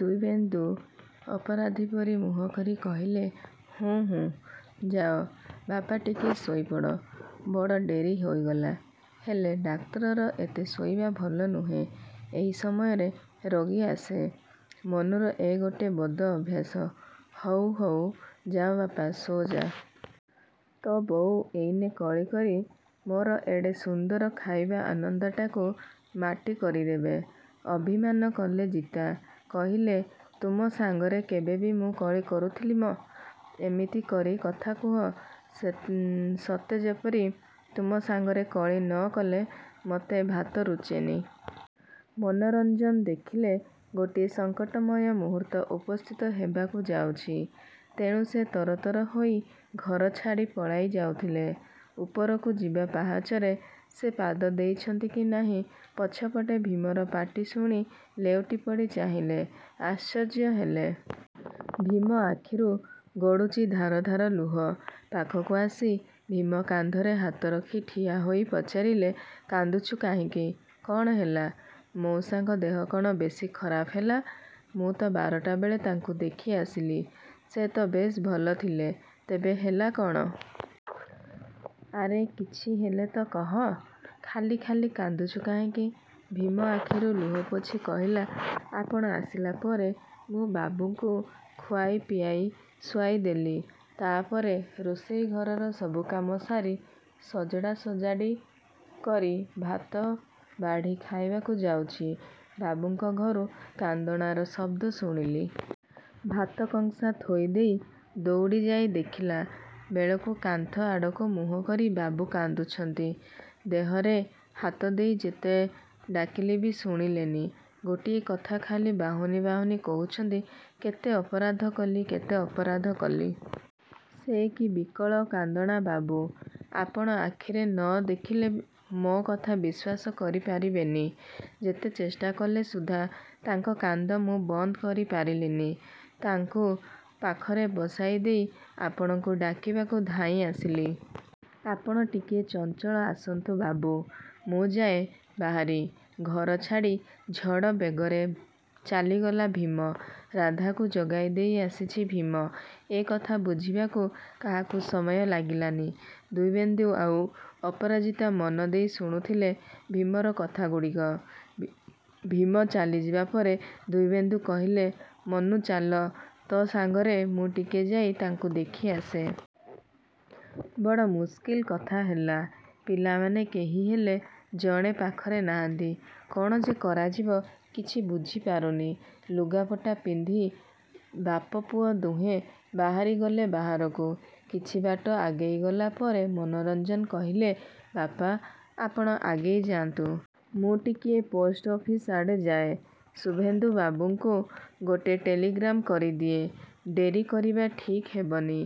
ଦ୍ଵିବେନ୍ଦୁ ଅପରାଧୀ ପରି ମୁହଁ କରି କହିଲେ ହୁଁ, ହୁଁ। ଯାଅ, ବାପା ଟିକିଏ ଶୋଇ ପଡ଼। ବଡ଼ ଡେରି ହୋଇଗଲା। ହେଲେ, ଡାକ୍ତରର ଏତେ ଶୋଇବା ଭଲ ନୁହେଁ। ଏହି ସମୟରେ ଯଦି ରୋଗୀ ଆସେ? ମନୁର ଏ ଗୋଟେ ବଦ ଅଭ୍ୟାସ। ହଉ, ହଉ ଯାଅ ବାପା, ଶୋ ଯା। ତୋ ବୋଉ ଏଇନେ କଳି କରି ମୋର ଏଡ଼େ ସୁନ୍ଦର ଖାଇବା ଆନନ୍ଦଟାକୁ ମାଟି କରିଦେବେ। ଅଭିମାନ କଲେ ଜିତା, କହିଲେ ତୁମ ସାଙ୍ଗରେ କେବେ ମୁଁ କଳି କରୁଥିଲି ମ? ଏମିତି କରି କଥା କୁହ, ସତେଯେପରି ତୁମ ସାଙ୍ଗରେ କଳି ନ କଲେ ମତେ ଭାତ ରୁଚେନି। ମନୋରଞ୍ଜନ ଦେଖିଲେ ଗୋଟିଏ ସଙ୍କଟମୟ ମୁହୂର୍ତ୍ତ ଉପସ୍ଥିତ ହେବାକୁ ଯାଉଛି। ତେଣୁ ସେ ତରତର ହୋଇ ଘର ଛାଡ଼ି ପଳାଇ ଯାଉଥିଲେ। ଉପରକୁ ଯିବା ପାହାଚରେ ସେ ପାଦ ଦେଇଛନ୍ତି କି ନାହିଁ, ପଛପଟେ ଭୀମର ପାଟି ଶୁଣି ଲେଉଟି ପଡ଼ି ଚାହିଁଲେ। ଆଶ୍ଚର୍ଯ୍ୟ ହେଲେ! ଭୀମ ଆଖିରୁ ଗଡ଼ୁଛି ଧାର ଧାର ଲୁହ। ପାଖକୁ ଆସି ଭୀମ କାନ୍ଧରେ ହାତ ରଖି ଠିଆ ହୋଇ ପଚାରିଲେ କାନ୍ଦୁଛୁ କାହିଁକି? କ'ଣ ହେଲା? ମଉସାଙ୍କ ଦେହ କ'ଣ ବେଶୀ ଖରାପ ହେଲା? ମୁଁ ତ ବାରଟା ବେଳେ ତାଙ୍କୁ ଦେଖି ଆସିଲି। ସେ ତ ବେଶ୍ ଭଲ ଥିଲେ ତେବେ ହେଲା କ'ଣ? ଆରେ କିଛି ହେଲେ ତ କହ? ଖାଲି ଖାଲି କାନ୍ଦୁଛୁ କାହିଁକି? ଭୀମ ଆଖିରୁ ଲୁହ ପୋଛି କହିଲା ଆପଣ ଆସିଲା ପରେ ମୁଁ ବାବୁଙ୍କୁ ଖୁଆଇ, ପିଆଇ, ଶୁଆଇ ଦେଲି। ତା' ପରେ ରୋଷେଇ ଘରର ସବୁ କାମ ସାରି, ସଜଡ଼ା ସଜାଡ଼ି କରି ଭାତ ବାଢ଼ି ଖାଇବାକୁ ଯାଉଛି, ବାବୁଙ୍କ ଘରୁ କାନ୍ଦଣାର ଶବ୍ଦ ଶୁଣିଲି। ଭାତ କଂସା ଥୋଇ ଦେଇ ଦଉଡ଼ି ଯାଇ ଦେଖିଲା ବେଳକୁ କାନ୍ଥ ଆଡ଼କୁ ମୁହଁ କରି ବାବୁ କାନ୍ଦୁଛନ୍ତି। ଦେହରେ ହାତ ଦେଇ ଯେତେ ଡାକିଲି ବି ଶୁଣିଲେନି। ଗୋଟିଏ କଥା ଖାଲି ବାହୁନି ବାହୁନି କହୁଛନ୍ତି କେତେ ଅପରାଧ କଲି, କେତେ ଅପରାଧ କଲି। ସେ କି ବିକଳ କାନ୍ଦଣା ବାବୁ। ଆପଣ ଆଖିରେ ନ ଦେଖିଲେ ମୋ କଥା ବିଶ୍ୱାସ କରି ପାରିବେନି। ଯେତେ ଚେଷ୍ଟା କଲେ ସୁଦ୍ଧା ତାଙ୍କ କାନ୍ଦ ମୁଁ ବନ୍ଦ କରି ପାରିଲିନି। ତାକୁ ତାଙ୍କ ପାଖରେ ବସାଇ ଦେଇ ଆପଣଙ୍କୁ ଡାକିବାକୁ ଧାଇଁ ଆସିଲି। ଆପଣ ଟିକିଏ ଚଞ୍ଚଳ ଆସନ୍ତୁ ବାବୁ। ମୁଁ ଯାଏ ବାହାରି, ଘର ଛାଡ଼ି ଝଡ଼ ବେଗରେ ଚାଲିଗଲା ଭୀମ। ରାଧାକୁ ଜଗାଇ ଦେଇ ଆସିଛି ଭୀମ। ଏ କଥା ବୁଝିବାକୁ କାହାକୁ ସମୟ ଲାଗିଲାନି। ଦ୍ଵିବେନ୍ଦୁ ଆଉ ଅପରାଜିତା ମନଦେଇ ଶୁଣୁଥିଲେ ଭୀମର କଥାଗୁଡ଼ିକ। ଭୀମ ଚାଲିଯିବା ପରେ ଦ୍ଵିବେନ୍ଦୁ କହିଲେ ମନୁ ଚାଲ, ତୋ ସାଙ୍ଗରେ ମୁଁ ଟିକିଏ ଯାଇ ତାଙ୍କୁ ଦେଖି ଆସେ। ବଡ଼ ମୁସ୍କିଲ କଥା ହେଲା। ପିଲାମାନେ କେହିହେଲେ ଜଣେ ପାଖରେ ନାହାନ୍ତି। କ'ଣ ଯେ କରାଯିବ କିଛି ବୁଝି ପାରୁନି। ଲୁଗାପଟା ପିନ୍ଧି ବାପ ପୁଅ ଦୁହେଁ ବାହାରି ଗଲେ ବାହାରକୁ। କିଛି ବାଟ ଆଗେଇ ଗଲା ପରେ ମନୋରଞ୍ଜନ କହିଲେ ବାପା, ଆପଣ ଆଗେଇ ଯାଆନ୍ତୁ। ମୁଁ ଟିକିଏ ପୋଷ୍ଟ ଅଫିସ୍ ଆଡ଼େ ଯାଏ। ଶୁଭେନ୍ଦୁ ବାବୁଙ୍କୁ ଗୋଟେ ଟେଲିଗ୍ରାମ କରି ଦିଏ। ଡେରି କରିବା ଠିକ୍ ହେବନି।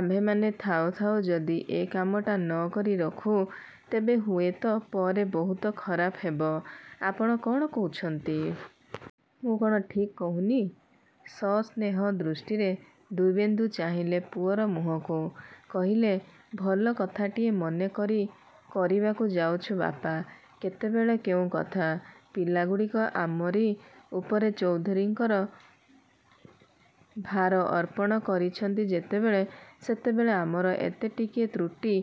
ଆମ୍ଭେମାନେ ଥାଉ ଥାଉ ଯଦି ଏ କାମଟା ନ କରି ରଖୁ, ତେବେ ହୁଏତ ପରେ ବହୁତ ଖରାପ ହେବ। ଆପଣ କ'ଣ କହୁଛନ୍ତି? ମୁଁ କ'ଣ ଠିକ୍ କହୁନି? ସସ୍ନେହ ଦୃଷ୍ଟିରେ ଦ୍ଵିବେନ୍ଦୁ ଚାହିଁଲେ ପୁଅର ମୁହଁକୁ। କହିଲେ ଭଲ କଥାଟିଏ ମନେ କରି କରିବାକୁ ଯାଉଛୁ ବାପା। କେତେବେଳେ କେଉଁ କଥା। ପିଲାଗୁଡ଼ିକ ଆମରି ଉପରେ ଚୌଧୁରୀଙ୍କ ଭାର ଅର୍ପଣ କରିଛନ୍ତି ଯେତେବେଳେ, ସେତେବେଳେ ଆମର ଏତେ ଟିକିଏ ତ୍ରୁଟି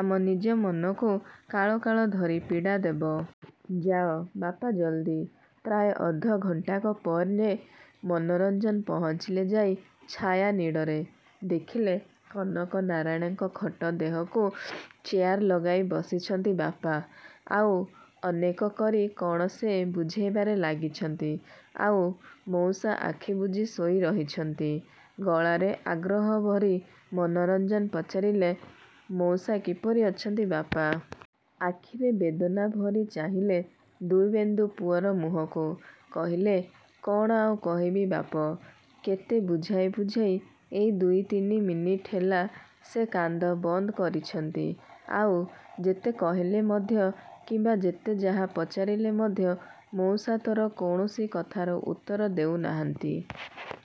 ଆମ ନିଜ ମନକୁ କାଳକାଳ ଧରି ପୀଡ଼ା ଦେବ। ଯାଅ, ବାପା ଜଲ୍ଦି। ପ୍ରାୟ ଅଧ ଘଣ୍ଟାକ ପରେ ମନୋରଞ୍ଜନ ପହଞ୍ଚିଲେ ଯାଇ ଛାୟାନୀଡ଼ରେ। ଦେଖିଲେ କନକନାରାୟଣଙ୍କ ଖଟ ଦେହକୁ ଚେୟାର ଲଗାଇ ବସିଛନ୍ତି ବାପା। ଆଉ, ଅନେକ କରି କ'ଣ ସେ ବୁଝାଇବାରେ ଲାଗିଛନ୍ତି। ଆଉ, ମଉସା ଆଖି ବୁଜି ଶୋଇ ରହିଛନ୍ତି। ଗଳାରେ ଆଗ୍ରହ ଭରି ମନୋରଞ୍ଜନ ପଚାରିଲେ, ମଉସା କିପରି ଅଛନ୍ତି ବାପା? ଆଖିରେ ବେଦନା ଭରି ଚାହିଁଲେ ଦ୍ଵିବେନ୍ଦୁ ପୁଅର ମୁହଁକୁ। କହିଲେ କ'ଣ ଆଉ କହିବି ବାପ। କେତେ ବୁଝାଇ ବୁଝାଇ ଏଇ ଦୁଇ ତିନି ମିନିଟ୍ ହେଲା ସେ କାନ୍ଦ ବନ୍ଦ କରିଛନ୍ତି। ଆଉ, ଯେତେ କହିଲେ ମଧ୍ୟ କିମ୍ବା ଯେତେ ଯାହା ପଚାରିଲେ ମଧ୍ୟ ମଉସା ତୋର କୌଣସି କଥାର ଉତ୍ତର ଦେଉ ନାହାନ୍ତି।